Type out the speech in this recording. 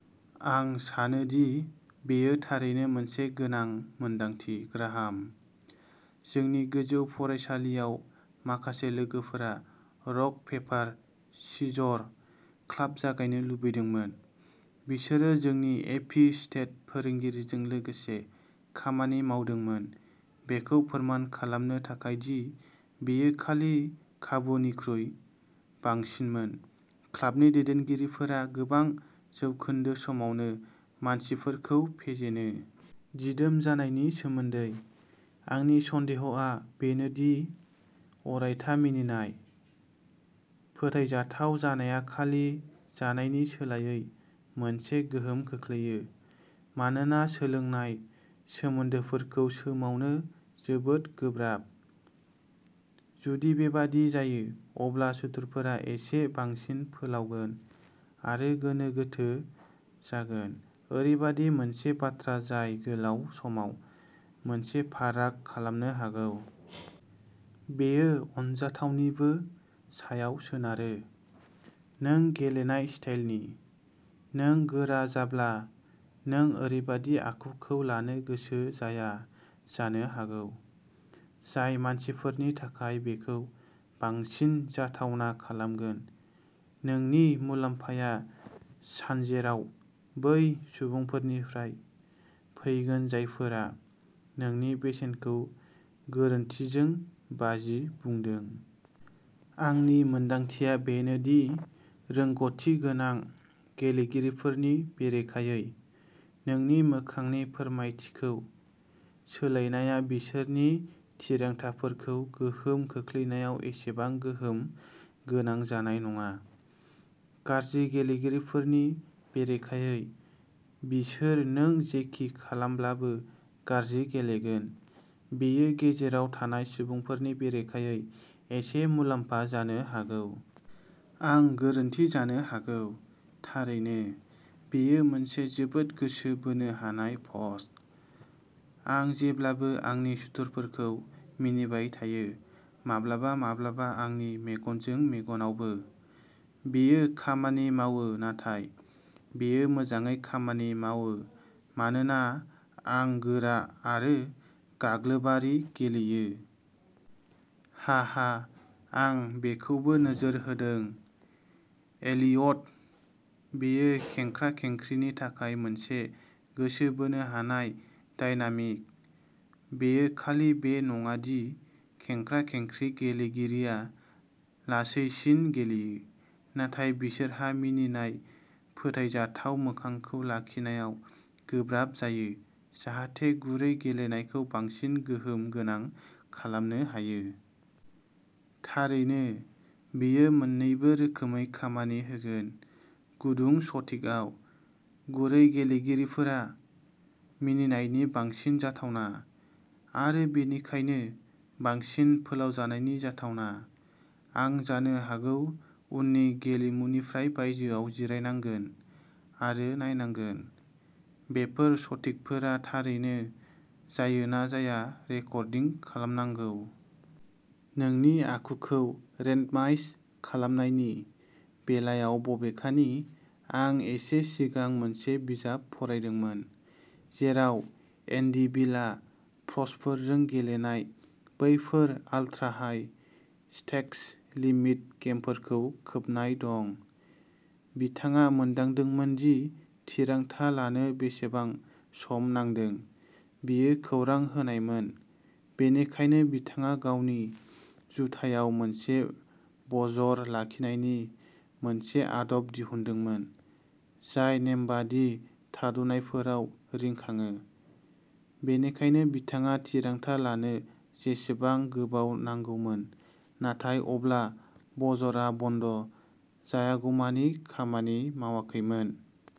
आं सानो दि बेयो थारैनो मोनसे गोनां मोनदांथि, ग्राहाम। जोंनि गोजौ फरायसालिआव, माखासे लोगोफोरा "रक पेपार सिजर" क्लाब जागायनो लुबैदोंमोन। बिसोरो जोंनि एपी स्टेट फोरोंगिरिजों लोगोसे खामानि मावदोंमोन बेखौ फोरमान खालामनो थाखाय दि बेयो खालि खाबुनिख्रुइ बांसिनमोन-क्लाबनि दैदेनगिरिफोरा गोबां जौखोन्दो समावनो मानसिफोरखौ फेजेनो। दिदोम जानायनि सोमोन्दैः आंनि सन्देहआ बेनो दि अरायथा मिनिनाय/फोथायजाथाव जानाया खालि जानायनि सोलायै मोनसे गोहोम खोख्लैयो मानोना सोलोंनाय सोमोन्दोफोरखौ सोमावनो जोबोद गोब्राब। जुदि बेबादि जायो, अब्ला सुथुरफोरा एसे बांसिन फोलावगोन आरो गोनो-गोथो जागोन-ओरैबायदि मोनसे बाथ्रा जाय गोलाव समाव मोनसे फाराग खालामनो हागौ। बेयो अनजाथावनिबो सायाव सोनारो। नों गेलेनाय स्टाइलनि। नों गोरा जाब्ला, नों ओरैबादि आखुखौ लानो गोसो जाया जानो हागौ जाय मानसिफोरनि थाखाय बेखौ बांसिन जाथावना खालामगोन, नोंनि मुलाम्फाया सानजेराव बै सुबुंफोरनिफ्राय फैगोन जायफोरा नोंनि बेसेनखौ गोरोन्थिजों बाजि बुंदों। आंनि मोनदांथिया बेनो दि रोंग'थि गोनां गेलेगिरिफोरनि बेरेखायै, नोंनि मोखांनि फोरमायथिखौ सोलायनाया बिसोरनि थिरांथाफोरखौ गोहोम खोख्लैनायाव एसेबां गोहोम गोनां जानाय नङा। गाज्रि गेलेगिरिफोरनि बेरेखायै, बिसोर नों जेखि खालामब्लाबो गाज्रि गेलेगोन। बेयो गेजेराव थानाय सुबुंफोरनि बेरेखायै एसे मुलाम्फा जानो हागौ। आं गोरोन्थि जानो हागौ, थारैनो। बेयो मोनसे जोबोद गोसो बोनो हानाय पस्ट। आं जेब्लाबो आंनि सुथुरफोरखौ मिनिबाय थायो। माब्लाबा माब्लाबा आंनि मेगनजों मेगनावबो। बेयो खामानि मावो नाथाय बेयो मोजाङै खामानि मावो'मानोना आं गोरा आरो गाग्लोबारि गेलेयो। हाहा, आं बेखौबो नोजोर होदों, एलियट! बेयो खेंख्रा-खेंख्रिनि थाखाय मोनसे गोसो बोनो हानाय डायनामिक। बेयो खालि बे नङा दि खेंख्रा-खेंख्रि गेलेगिरिया लासैसिन गेलेयो, नाथाय बिसोरहा मिनिनाय, फोथायजाथाव मोखांखौ लाखिनायाव गोब्राब जायो, जाहाथे गुरै गेलेनायखौ बांसिन गोहोम गोनां खालामनो हायो। थारैनो, बेयो मोन्नैबो रोखोमै खामानि होगोन। गुदुं सटिकआव गुरै गेलेगिरिफोरा मिनिनायनि बांसिन जाथावना, आरो बेनिखायनो बांसिन फोलावजानायनि जाथावना। आं जानो हागौ उननि गेलेमुनिफ्राय बायजोआव जिरायनांगोन आरो नायनांगोन, बेफोर सटिकफोरा थारैनो जायो ना जाया रेकर्डिं खालामनांगौ। नोंनि आखुखौ रेन्डमाइज खालामनायनि बेलायाव, बबेखानि, आं एसे सिगां मोनसे बिजाब फरायदोंमोन, जेराव एन्डि बिलआ प्र'सफोरजों गेलेनाय बैफोर आल्ट्रा-हाइ स्टेक्स लिमिट गेमफोरखौ खोबनाय दंमोन। बिथाङा मोनदांदोंमोन दि थिरांथा लानो बेसेबां सम नांदों बियो खौरां होनायमोन, बेनिखायनो बिथाङा गावनि जुथायाव मोनसे बजर लाखिनायनि मोनसे आदब दिहुनदोंमोन, जाय नेमबादि थाद'नायफोराव रिंखाङो, बेनिखायनो बिथाङा थिरांथा लानो जेसेबां गोबाव नांगौमोन, नाथाय अब्ला बजरआ बन्द जायागौमानि खामानि मावाखैमोन।